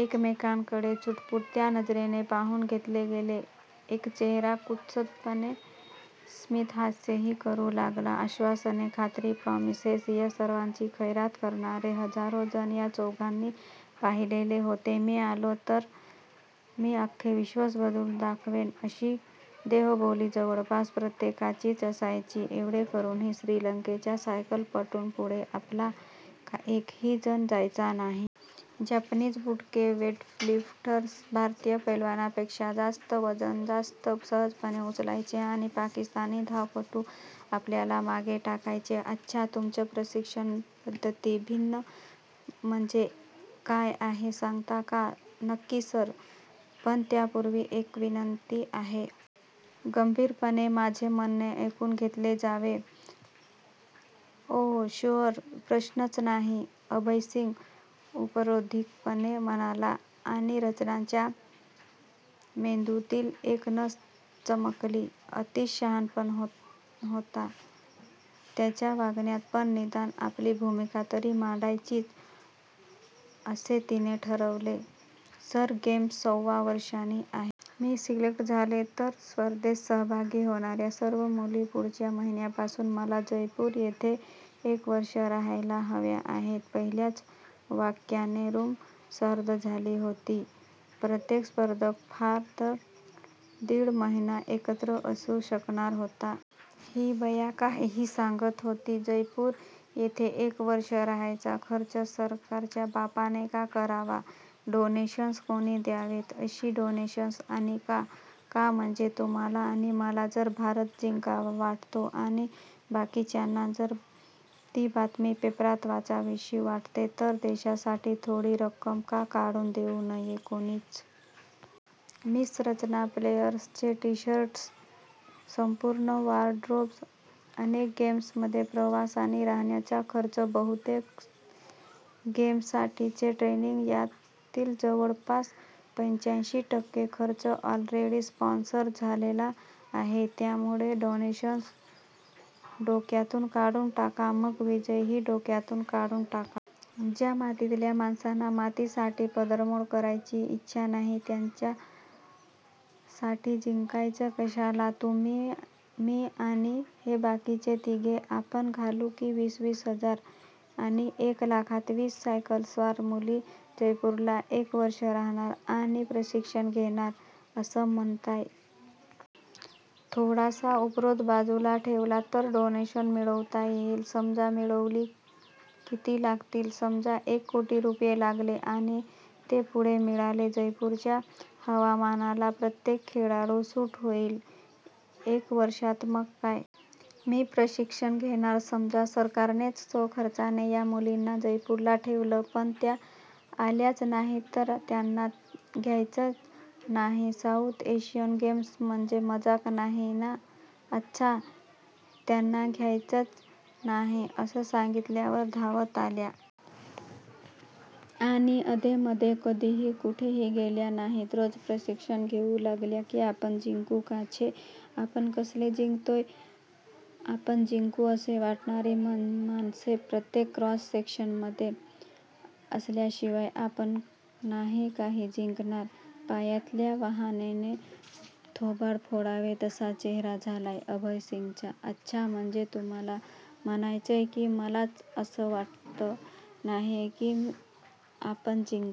एकमेकांकडे चुटपुटत्या नजरेने पाहून घेतले गेले. एक चेहरा कुत्सितपणे स्मितहास्यही करू लागला. आश्वासने खात्री प्रॉमिसेस या सर्वांची खैरात करणारे हजारोजण या चौघांनी पाहिलेले होते. मी आलो तर मी अख्खे विश्वच बदलून दाखवेन अशी देहबोली जवळपास प्रत्येकाचीच असायची, एवढे करूनही श्रीलंकेच्या सायकलपटूंपुढे आपला एकहीजण जायचा नाही. जॅपनीज बुटके वेटलिफ्टर्स भारतीय पैलवानांपेक्षा जास्त वजन जास्त सहजपणे उचलायचे आणि पाकिस्तानी धावपटू आपल्याला मागे टाकायचे. "अच्छा, तुमची प्रशिक्षण पद्धती भिन्न म्हणजे काय आहे सांगता का? " "नक्की सर, पण त्यापूर्वी एक विनंती आहे." "गंभीरपणे माझे म्हणणे ऐकून घेतले जावे " "ओह शुअर, प्रश्नच नाही "। अभय सिंग उपरोधिकपणे म्हणाला आणि रचनाच्या मेंदूतील एक नस चमकली अतीच शहाणपणा होता. त्याच्या वागण्यात पण निदान आपली भूमिका तरी मांडायचीच असे तिने ठरवले "सर, गेम्स सव्वा वर्षांनी आहेत. मी सिलेक्ट झालेच, तर स्पर्धेत सहभागी होणार्या सर्व मुली पुढच्या महिन्यापासून मला जयपूर येथे एक वर्ष राहायला हव्या आहेत. " पहिल्याच वाक्याने रूम सर्द झाली होती. प्रत्येक स्पर्धक फार तर दिड महिना एकत्र असू शकणार होता. ही बया काहीही सांगत होती. जयपूर येथे एक वर्ष राहायचा खर्च सरकारच्या बापाने का करावा? "डोनेशन्स, कोणी द्यावीत अशी डोनेशन्स? आणि का? " "का म्हणजे? तुम्हाला आणि मला जर भारत जिंकावा वाटतो आणि बाकीच्यांना जर ती बातमी पेपरात वाचावीशी वाटते तर देशासाठी थोडी रक्कम का काढून देऊ नये कोणीच? " "मिस रचना. प्लेयर्सचे टीशर्ट्स. संपूर्ण वॉर्डरोब्ज अनेक गेम्समध्ये प्रवास आणि राहण्याचा खर्च बहुतेक गेम्ससाठीचे ट्रेनिंग यातील जवळपास पंच्याऐंशी टक्के खर्च ऑलरेडी स्पॉन्सर झालेला आहे. त्यामुळे डोनेशन्स डोक्यातून काढून टाका." "मग विजयही डोक्यातून काढून टाका. ज्या मातीतल्या माणसांना मातीसाठी पदरमोड करायची इच्छा नाही. त्यांच्यासाठी जिंकायचं कशाला? तुम्ही मी आणि हे बाकीचे तिघे. आपण घालू की वीस वीस हजार? " "आणि एक लाखात वीस सायकलस्वार मुली जयपूरला एक वर्ष राहणार आणि प्रशिक्षण घेणार असं म्हणताय? " "थोडासा उपरोध बाजूला ठेवलात तर डोनेशन्स मिळवता येतील. " "समजा मिळवली. किती लागतील. समजा एक कोटी रुपये लागले. आणि ते पुढे मिळाले,? " "जयपूरच्या हवामानाला प्रत्येक खेळाडू सूट होईल एक वर्षात. " "मग काय? मी प्रशिक्षण घेणार, " "समजा सरकारनेच स्वखर्चाने या मुलींना जयपूरला ठेवलं. पण त्या आल्याच नाहीत. " "तर त्यांना घ्यायचंच नाही. साऊथ एशियन गेम्स म्हणजे मजाक नाही ना? " "अच्छा, त्यांना घ्यायचंच नाही. असं सांगितल्यावर धावत आल्या. आणि अधेमधे कधीही कुठेही गेल्या नाहीत. रोज प्रशिक्षण घेऊ लागल्या. की आपण जिंकू का? " "छे, आपण कसले जिंकतोय. आपण जिंकू असे वाटणारी माणसे प्रत्येक क्रॉस सेक्शनमध्ये असल्याशिवाय आपण नाही काही जिंकणार" पायातल्या वहाणेने थोबाड फोडावे तसा चेहरा झाला अभय सिंगचा "अच्छा, म्हणजे तुम्हाला म्हणायचंय की मलाच असं वाटत नाहीये की आपण जिंकावं.